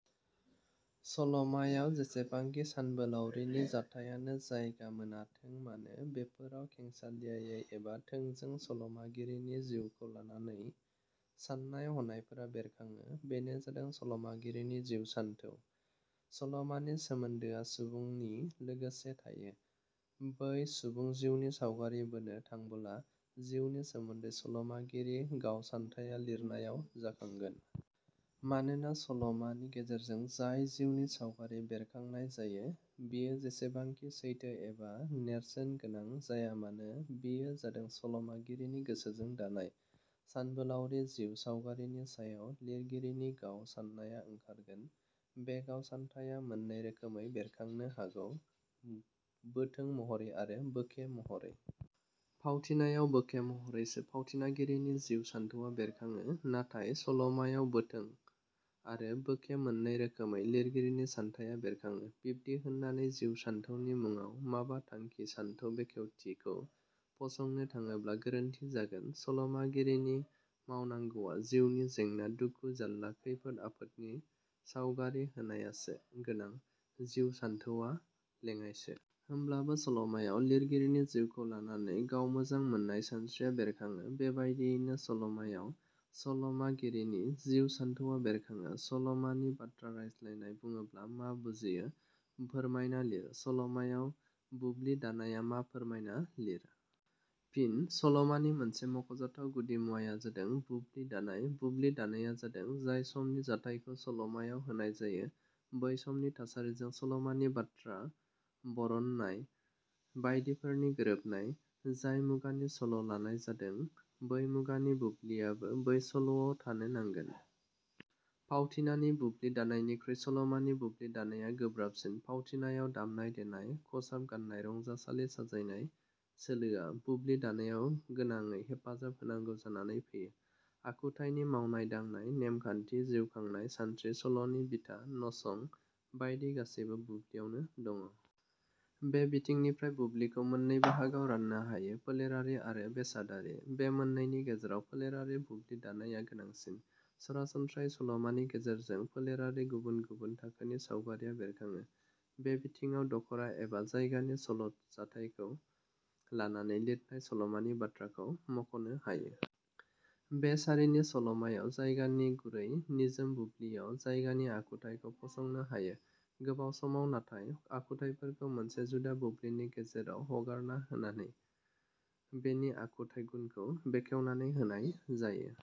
सल'मायाव जेसेबांखि सानबोलावरिनि जाथाइयानो जायगा मोनाथों मानो बेफोराव खेंसालियायै एबा थोंजो सल 'मागिरिनि जिउखौ लानानै साननाय हनायफोरा बेरखाङो बेनो जादों सल'मागिरिनि जिउ सानथौ। सलमानि सोमोन्दोआ सुबुंनि लोगोसे थायो। बै सुबुं जिउनि सावगारि बोनो थांबला जिउनि सोमोन्दै सल 'मागिरि गाव सानथाया लिरनायाव जाखांगोन। मानोना, सलमानि गेजेरजों जाय जिउनि सावगारि बेरखांनाय जायो, बेयो जेसेबांखि सैथो एबा नेरसोनगोनां जायामानो बेयो जादों सल'मागिरिनि गोसोजों दानाय। सानबोलाउरि जिउ सावगारिनि सायाव लिरगिरिनि गाव साननाया ओंखारगोन, बे गाव सानथाया मोननै रोखोमै बेरखांनो हागौ- बोथों महरै आरो बोखे महरै। फावथिनायाव बोखे महरैसो फावथिनागिरिनि जिउ सानथौवा बेरखाङो। नाथाय सलमायाव बोथों आरो बोखे मोननै रोखोमै लिरगिरिनि सानथाया बेरखाङो, बिब्दि होननानै जिउ सानथौनि मुङाव माबा थांखि सानथौ बेखेवथिखौ फसंनो थाङोब्ला गोरोन्थि जागोन। सल 'मागिरिनि मावनांगौवा जिउनि जेंना, दुखु, जाल्ला, खैफोद आफोदनि सावगारि होनायासो गोनां, जिउ सानथौवा लेङाइसो। होमब्लाबो सल'मायाव' लिरगिरिनि जिउखौ लानानै गाव मोजां मोननाय सानस्रिया बेरखाङो, बेबादियैनो सल 'मायाव सल'मागिरिनि जिउ सानथौवा बेरखाङो। सल'मानि बाथ्रा रायज्लायनाय बुङोब्ला मा बुजियो फोरमायना लिर। सल'मायाव बुब्लि दानाया मा फोरमायना लिर। फिन: सल'मानि मोनसे मख'जाथाव गुदि मुवाया जादों बुब्लि दानाय। बुब्लि दानाया जादों जाय समनि जाथाइखौ सल'मायाव होनाय जायो बै समनि थासारिजों सलमानि बाथ्रा, बरनायनाय बायदिफोरनि गोरोबनाय। जाय मुगानि सल' लानाय जादों बै मुगानि बुब्लियाबो बै सल'आव थानो नांगोन। फावथिनानि बुब्लि दानायनिखुइ सलमानि बुब्लि दानाया गोब्राबसिन फावथिनायाव दामनाय देनाय, खसाब गाननाय रंजासालि साजायनाय सोलोआ बुब्लि दानायाव गोनाङै हेफाजाब होनांगौ जानानै फैयो। आखुथाइनि मावनाय दांनाय, नेमखान्थि जिउ खांनाय सानस्रि, सल 'नि बिथा, नसं बायदि गासैबो बुब्लियावनो दं। बे बिथिंनिफ्राय बुब्लिखौ मोननै बाहागोआव राननो हायो- फोलेरारि आरो बेसादारि। बे मोननैनि गेजेराव फोलेरारि बुब्लि दानाया गोनांसिन। सरासनस्रायै सल'मानि गेजेरजों फोलेरनि गुबुन गुबुन थाखोनि सावगारिया बेरखाङो। बे बिथिङाव दखरा एबा जायगानि सल' जाथायखौ लानानै लिरनाय सल'मानि, बाथ्राखौ मख'नो हायो। बे सारिनि सल'मायाव जायगानि गुरै निजोम बुब्लियाव जायगानि आखुथाइखौ फसंनो हायो। गोबां समाव नाथाय आखुथाइफोरखौ मोनसे जुदा बुब्लिनि गेजेराव हगारनाय होनानै बेनि आखुथाइ गुनखौ बेखेवनानै होनाय जायो।